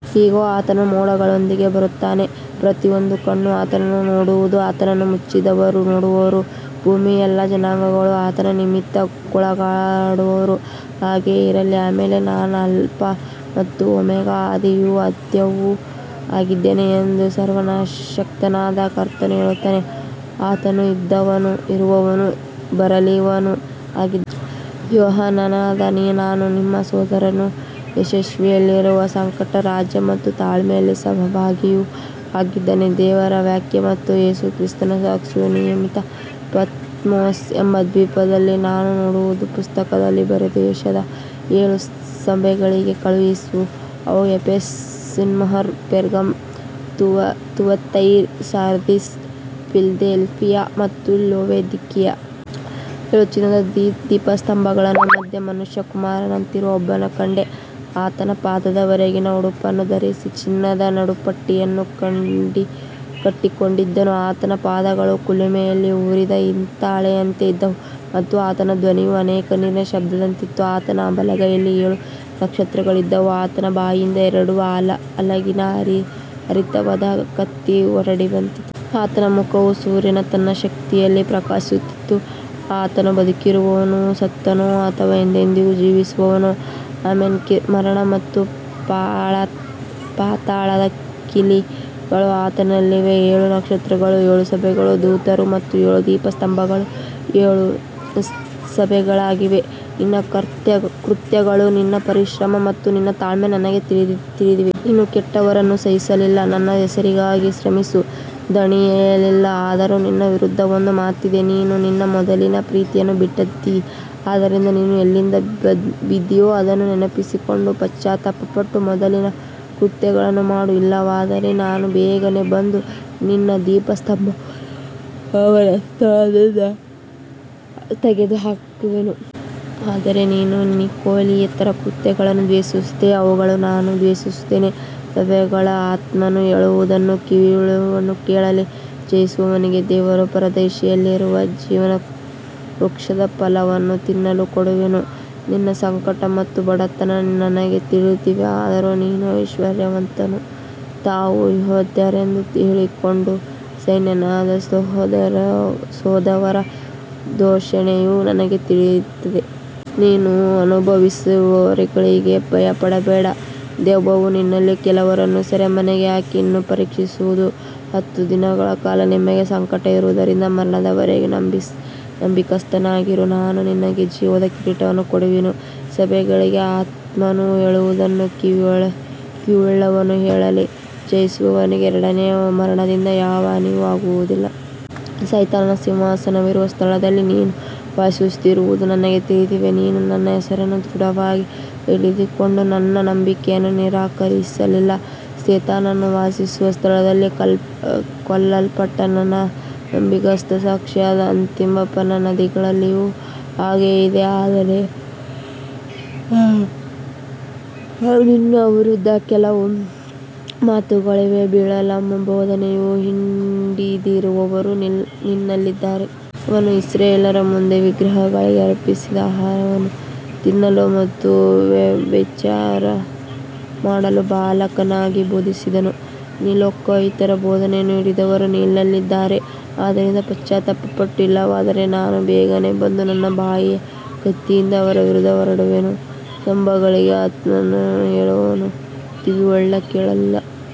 ಇಗೋ, ಆತನು ಮೋಡಗಳೊಂದಿಗೆ ಬರುತ್ತಾನೆ. ಪ್ರತಿಯೊಂದು ಕಣ್ಣೂ ಆತನನ್ನು ನೋಡುವುದು, ಆತನನ್ನು ಚುಚ್ಚಿದವರೂ ನೋಡುವರು. ಭೂಮಿಯ ಎಲ್ಲಾ ಜನಾಂಗಗಳು ಆತನ ನಿಮಿತ್ತ ಗೋಳಾಡುವರು. ಹಾಗೆಯೇ ಇರಲಿ. ಆಮೆನ್. ನಾನು ಆಲ್ಫಾ ಮತ್ತು ಒಮೆಗಾ, ಆದಿಯೂ ಅಂತ್ಯವೂ ಆಗಿದ್ದೇನೆ ಎಂದು ಸರ್ವಶಕ್ತನಾದ ಕರ್ತನು ಹೇಳುತ್ತಾನೆ. ಆತನು ಇದ್ದವನೂ ಇರುವವನೂ ಬರಲಿರುವವನೂ ಆಗಿದ್ದಾನೆ. ಯೋಹಾನನಾದ ನಾನು ನಿಮ್ಮ ಸಹೋದರನೂ ಯೇಸುವಿನಲ್ಲಿರುವ ಸಂಕಟ, ರಾಜ್ಯ ಮತ್ತು ತಾಳ್ಮೆಯಲ್ಲಿ ಸಹಭಾಗಿಯೂ ಆಗಿದ್ದೇನೆ. ದೇವರ ವಾಕ್ಯ ಮತ್ತು ಯೇಸು ಕ್ರಿಸ್ತನ ಸಾಕ್ಷಿಯ ನಿಮಿತ್ತ ಪತ್ಮೋಸ್ ಎಂಬ ದ್ವೀಪದಲ್ಲಿದ್ದೆ. ನಾನು ನೋಡುವುದನ್ನು ಪುಸ್ತಕದಲ್ಲಿ ಬರೆದು ಏಷ್ಯಾದ ಏಳು ಸಭೆಗಳಿಗೆ ಕಳುಹಿಸು. ಅವು Ephesus, Smyrna, Pergamum, Thyatira, Sardis, Philadelphia ಮತ್ತು ಲವೋದಿಕೀಯ. ಏಳು ಚಿನ್ನದ ದೀಪಸ್ತಂಭಗಳ ಮಧ್ಯೆ ಮನುಷ್ಯಕುಮಾರನಂತಿರುವ ಒಬ್ಬನನ್ನು ಕಂಡೆ. ಆತನು ಪಾದದವರೆಗಿನ ಉಡುಪನ್ನು ಧರಿಸಿ ಚಿನ್ನದ ನಡುಪಟ್ಟಿಯನ್ನು ಕಟ್ಟಿಕೊಂಡಿದ್ದನು. ಆತನ ಪಾದಗಳು ಕುಲುಮೆಯಲ್ಲಿ ಉರಿದ ಹಿತ್ತಾಳೆಯಂತೆ ಇದ್ದವು ಮತ್ತು ಆತನ ಧ್ವನಿಯು ಅನೇಕ ನೀರಿನ ಶಬ್ದದಂತಿತ್ತು. ಆತನ ಬಲಗೈಯಲ್ಲಿ ಏಳು ನಕ್ಷತ್ರಗಳಿದ್ದವು. ಆತನ ಬಾಯಿಂದ ಎರಡು ಅಲಗಿನ ಹರಿತವಾದ ಕತ್ತಿ ಹೊರಟಿತು. ಆತನ ಮುಖವು ಸೂರ್ಯನು ತನ್ನ ಶಕ್ತಿಯಲ್ಲಿ ಪ್ರಕಾಶಿಸುವಂತಿತ್ತು. ಆತನು ಬದುಕಿರುವವನು, ಸತ್ತವನು ಮತ್ತು ಎಂದೆಂದಿಗೂ ಜೀವಿಸುವವನು. ಆಮೆನ್. ಮರಣ ಮತ್ತು ಪಾತಾಳದ ಕೀಲಿಗಳು ಆತನಲ್ಲಿವೆ. ಏಳು ನಕ್ಷತ್ರಗಳು ಏಳು ಸಭೆಗಳ ದೂತರು ಮತ್ತು ಏಳು ದೀಪಸ್ತಂಭಗಳು ಏಳು ಸಭೆಗಳಾಗಿವೆ. ನಿನ್ನ ಕೃತ್ಯಗಳು, ನಿನ್ನ ಪರಿಶ್ರಮ ಮತ್ತು ನಿನ್ನ ತಾಳ್ಮೆ ನನಗೆ ತಿಳಿದಿವೆ. ನೀನು ಕೆಟ್ಟವರನ್ನು ಸಹಿಸಲಿಲ್ಲ, ನನ್ನ ಹೆಸರಿಗಾಗಿ ಶ್ರಮಿಸಿ ದಣಿಯಲಿಲ್ಲ. ಆದರೂ ನಿನ್ನ ವಿರುದ್ಧ ಒಂದು ಮಾತಿದೆ, ನೀನು ನಿನ್ನ ಮೊದಲಿನ ಪ್ರೀತಿಯನ್ನು ಬಿಟ್ಟಿದ್ದೀ. ಆದ್ದರಿಂದ ನೀನು ಎಲ್ಲಿಂದ ಬಿದ್ದೆಯೋ ಅದನ್ನು ನೆನಪಿಸಿಕೊಂಡು ಪಶ್ಚಾತ್ತಾಪಪಟ್ಟು ಮೊದಲಿನ ಕೃತ್ಯಗಳನ್ನು ಮಾಡು. ಇಲ್ಲವಾದರೆ ನಾನು ಬೇಗನೆ ಬಂದು ನಿನ್ನ ದೀಪಸ್ತಂಭವನ್ನು ಅದರ ಸ್ಥಳದಿಂದ ತೆಗೆದುಹಾಕುವೆನು. ಆದರೆ ನೀನು ನಿಕೊಲಾಯಿತರ ಕೃತ್ಯಗಳನ್ನು ದ್ವೇಷಿಸುತ್ತೀಯೆ, ಅವುಗಳನ್ನು ನಾನೂ ದ್ವೇಷಿಸುತ್ತೇನೆ. ಸಭೆಗಳಿಗೆ ಆತ್ಮನು ಹೇಳುವುದನ್ನು ಕಿವಿಯುಳ್ಳವನು ಕೇಳಲಿ. ಜಯಿಸುವವನಿಗೆ ದೇವರ ಪರದೈಸಿನಲ್ಲಿರುವ ಜೀವವೃಕ್ಷದ ಫಲವನ್ನು ತಿನ್ನಲು ಕೊಡುವೆನು. ನಿನ್ನ ಸಂಕಟ ಮತ್ತು ಬಡತನ ನನಗೆ ತಿಳಿದಿವೆ, ಆದರೂ ನೀನು ಐಶ್ವರ್ಯವಂತನು. ತಾವು ಯೆಹೂದ್ಯರೆಂದು ಹೇಳಿಕೊಂಡು ಸೈತಾನನ ಸಭೆಯಾದವರ ದೂಷಣೆಯೂ ನನಗೆ ತಿಳಿದಿದೆ. ನೀನು ಅನುಭವಿಸಲಿರುವವುಗಳಿಗೆ ಭಯಪಡಬೇಡ. ದೆವ್ವವು ನಿಮ್ಮಲ್ಲಿ ಕೆಲವರನ್ನು ಸೆರೆಮನೆಗೆ ಹಾಕಿ ನಿಮ್ಮನ್ನು ಪರೀಕ್ಷಿಸುವುದು. ಹತ್ತು ದಿನಗಳ ಕಾಲ ನಿಮಗೆ ಸಂಕಟವಿರುವುದು. ಮರಣದವರೆಗೂ ನಂಬಿಗಸ್ತನಾಗಿರು, ನಾನು ನಿನಗೆ ಜೀವದ ಕಿರೀಟವನ್ನು ಕೊಡುವೆನು. ಸಭೆಗಳಿಗೆ ಆತ್ಮನು ಹೇಳುವುದನ್ನು ಕಿವಿಯುಳ್ಳವನು ಕೇಳಲಿ. ಜಯಿಸುವವನಿಗೆ ಎರಡನೆಯ ಮರಣದಿಂದ ಯಾವ ಹಾನಿಯೂ ಆಗುವುದಿಲ್ಲ. ಸೈತಾನನ ಸಿಂಹಾಸನವಿರುವ ಸ್ಥಳದಲ್ಲಿ ನೀನು ವಾಸಿಸುತ್ತಿರುವುದು ನನಗೆ ತಿಳಿದಿದೆ. ನೀನು ನನ್ನ ಹೆಸರನ್ನು ದೃಢವಾಗಿ ಹಿಡಿದುಕೊಂಡು ನನ್ನ ನಂಬಿಕೆಯನ್ನು ನಿರಾಕರಿಸಲಿಲ್ಲ. ಸೈತಾನನು ವಾಸಿಸುವ ಸ್ಥಳದಲ್ಲಿ ಕೊಲ್ಲಲ್ಪಟ್ಟ ನನ್ನ ನಂಬಿಗಸ್ತ ಸಾಕ್ಷಿಯಾದ ಅಂತಿಪನ ದಿನಗಳಲ್ಲಿಯೂ ಹಾಗೆಯೇ ಇದ್ದೆ. ಆದರೆ ನಿನ್ನ ವಿರುದ್ಧ ಕೆಲವು ಮಾತುಗಳಿವೆ. ಬಿಳಾಮನ ಬೋಧನೆಯನ್ನು ಹಿಡಿದಿರುವವರು ನಿನ್ನಲ್ಲಿದ್ದಾರೆ. ಅವನು ಇಸ್ರಾಯೇಲ್ಯರ ಮುಂದೆ ವಿಗ್ರಹಗಳಿಗೆ ಅರ್ಪಿಸಿದ ಆಹಾರವನ್ನು ತಿನ್ನಲು ಮತ್ತು ವ್ಯಭಿಚಾರ ಮಾಡಲು ಬಾಲಾಕನಿಗೆ ಬೋಧಿಸಿದನು. ನಿಕೊಲಾಯಿತರ ಬೋಧನೆಯನ್ನು ಹಿಡಿದವರೂ ನಿನ್ನಲ್ಲಿದ್ದಾರೆ. ಆದ್ದರಿಂದ ಪಶ್ಚಾತ್ತಾಪಪಡು. ಇಲ್ಲವಾದರೆ ನಾನು ಬೇಗನೆ ಬಂದು ನನ್ನ ಬಾಯಿಯ ಕತ್ತಿಯಿಂದ ಅವರ ವಿರುದ್ಧ ಹೋರಾಡುವೆನು. ಸಭೆಗಳಿಗೆ ಆತ್ಮನು ಹೇಳುವುದನ್ನು ಕಿವಿಯುಳ್ಳವನು ಕೇಳಲಿ.